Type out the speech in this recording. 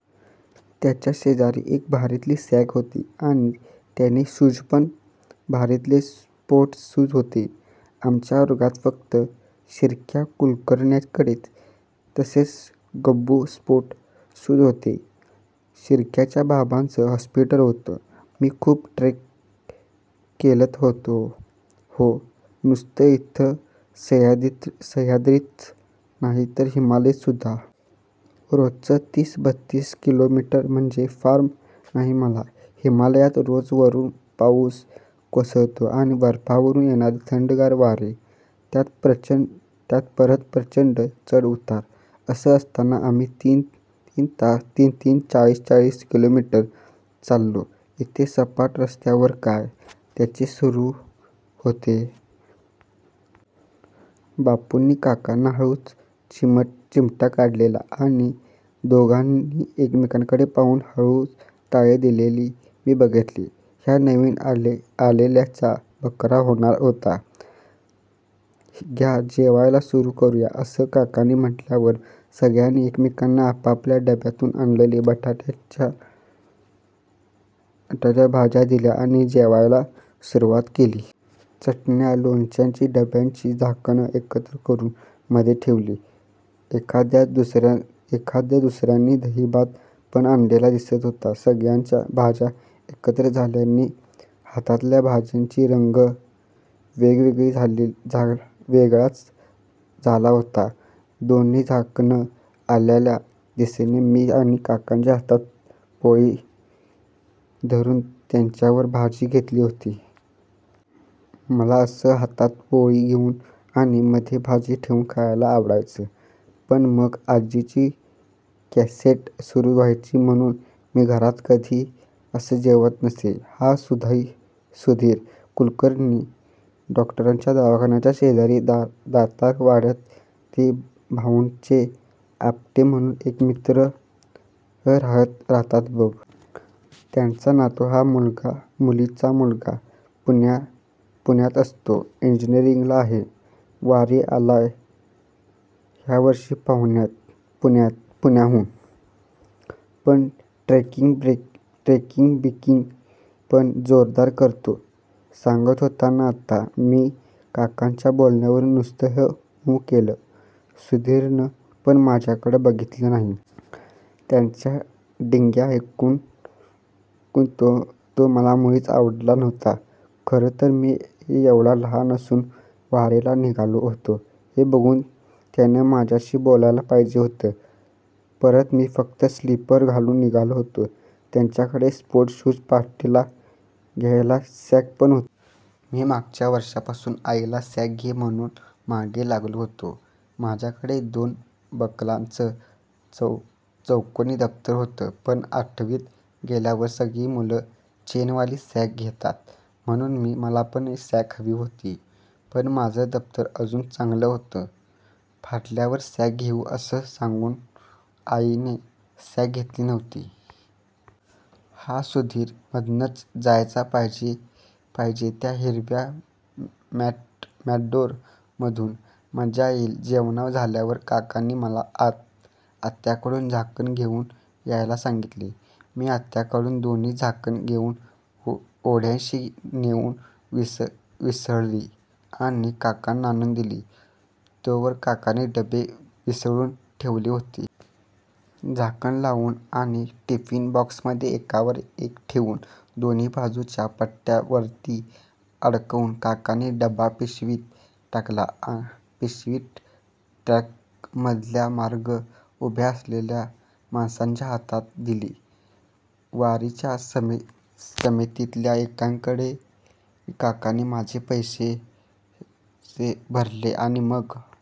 त्याच्याशेजारी एक भारीतली सॅक होती आणि त्याचे शूजपण भारीतले स्पोर्ट शूज होते. आमच्या वर्गात फक्त शिर्क्या कुलकर्ण्याकडे तसले गब्बू स्पोर्ट शूज होते. शिर्क्याच्या बाबांचं हॉस्पिटल होतं. मी खूप ट्रेक केलेत हो. नुसतं इथं सह्याद्रीतच नाही तर हिमालयात सुद्धा. रोजचं तीस-बत्तीस किलोमीटर म्हणजे फार नाही मला. हिमालयात रोज वरुन पाउस कोसळतो आणि बर्फावरुन येणारे थंडगार वारे. त्यात परत प्रचंड चढ-उतार. असं असताना आम्ही तीस-तीस चाळीस-चाळीस किलोमीटर चालतो. इथे सपाट रस्त्यावर काय. त्याचे सुरु होते. बापूंनी काकांना हळूच चिमटा काढलेला आणि दोघांनी एकमेकांकडे पाहून हळूच टाळी दिलेली मी बघितली. ह्या नवीन आलेल्याचा बकरा होणार होता. घ्या. जेवायला सुरु करुया असं काकांनी म्हटल्यावर सगळ्यांनी एकमेकांना आपापल्या डब्यातून आणलेल्या बटाट्याच्या भाज्या दिल्या आणि जेवायला सुरुवात केली. चटण्या-लोणची डब्यांच्या झाकणात एकत्र करुन मध्ये ठेवली. एखाद-दुसर्यांनी दही भात पण आणलेला दिसत होता. सगळ्यांच्या भाज्या एकत्र झाल्याने हातातल्या भाजीचा रंग वेगळाच झाला होता. दोन्ही झाकणं आत्याला दिल्याने मी आणि काकांनी हातातच पोळी धरुन त्यावर भाजी घेतली होती. मला असं हातात पोळी घेउन आणि मध्ये भाजी ठेवून खायला आवडायचं. पण मग आज्जीची कॅसेट सुरु व्हायची म्हणुन मी घरात कधी असं जेवत नसे. हा सुधीर. कुलकर्णी डॉक्टरांच्या दवाखान्याच्या शेजारी दातार वाड्यात ते भाउंचे आपटे म्हणुन एक मित्र राहतात बघ. त्यांचा नातू हा. मुलीचा मुलगा. पुण्याला असतो. इंजिनीअरींगला आहे. वारीला आलाय ह्यावर्षी पुण्याहून. पण ट्रेकिंग-बिकींग पण जोरदार करतो. सांगत होता ना आत्ता. मी काकांच्या बोलण्यावर नुसतंच हुं केलं. सुधीरनं पण माझ्याकडं बघितलं नाही. त्याच्या डिंग्या ऐकून तो मला मुळीच आवडला नव्हता. खरंतर मी एव्हडा लहान असून वारीला निघालो होतो हे बघून त्यानं माझ्याशी बोलायला पाहिजे होतं. परत मी फक्त स्लीपर घालून निघालो होतो. ह्याच्याकडं स्पोर्ट शूज आणि पाठीवर घ्यायची सॅक पण होती. मी मागच्या वर्षीपासून आईला सॅक घे म्हणुन मागे लागलो होतो. माझ्याकडे दोन बकलांचं चौकोनी दप्तर होतं. पण आठवीत गेल्यावर सगळी मुलं चेनवाली सॅक घेतात म्हणुन मला पण सॅक हवी होती. पण माझं दप्तर अजून चांगलं होतं, फाटल्यावर सॅक घेउ असं सांगून आईने सॅक घेतली नव्हती. हा सुधीर मधनंच जायला पाहिजे त्या हिरव्या मेटॅडोर मधून. मज्जा येईल. जेवण झाल्यावर काकांनी मला आत्याकडून झाकणं घेउन यायला सांगितली. मी आत्याकडून दोन्ही झाकणं घेउन ओढ्याशी नेउन विसळली आणि काकांना आणून दिली. तोवर काकांनी डबे विसळून ठेवले होते. झाकण लावून आणि टिफीन बॉक्समध्ये एकावर एक ठेवून, दोन्ही बाजूच्या पट्ट्या वरती अडकवून काकांनी डबा पिशवीत टाकला. पिशवी ट्रकमधल्या मागं उभ्या असलेल्या माणसाच्या हातात दिली. वारीच्या समितीतल्या एकांकडे काकांनी माझे पैसे भरले आणि मग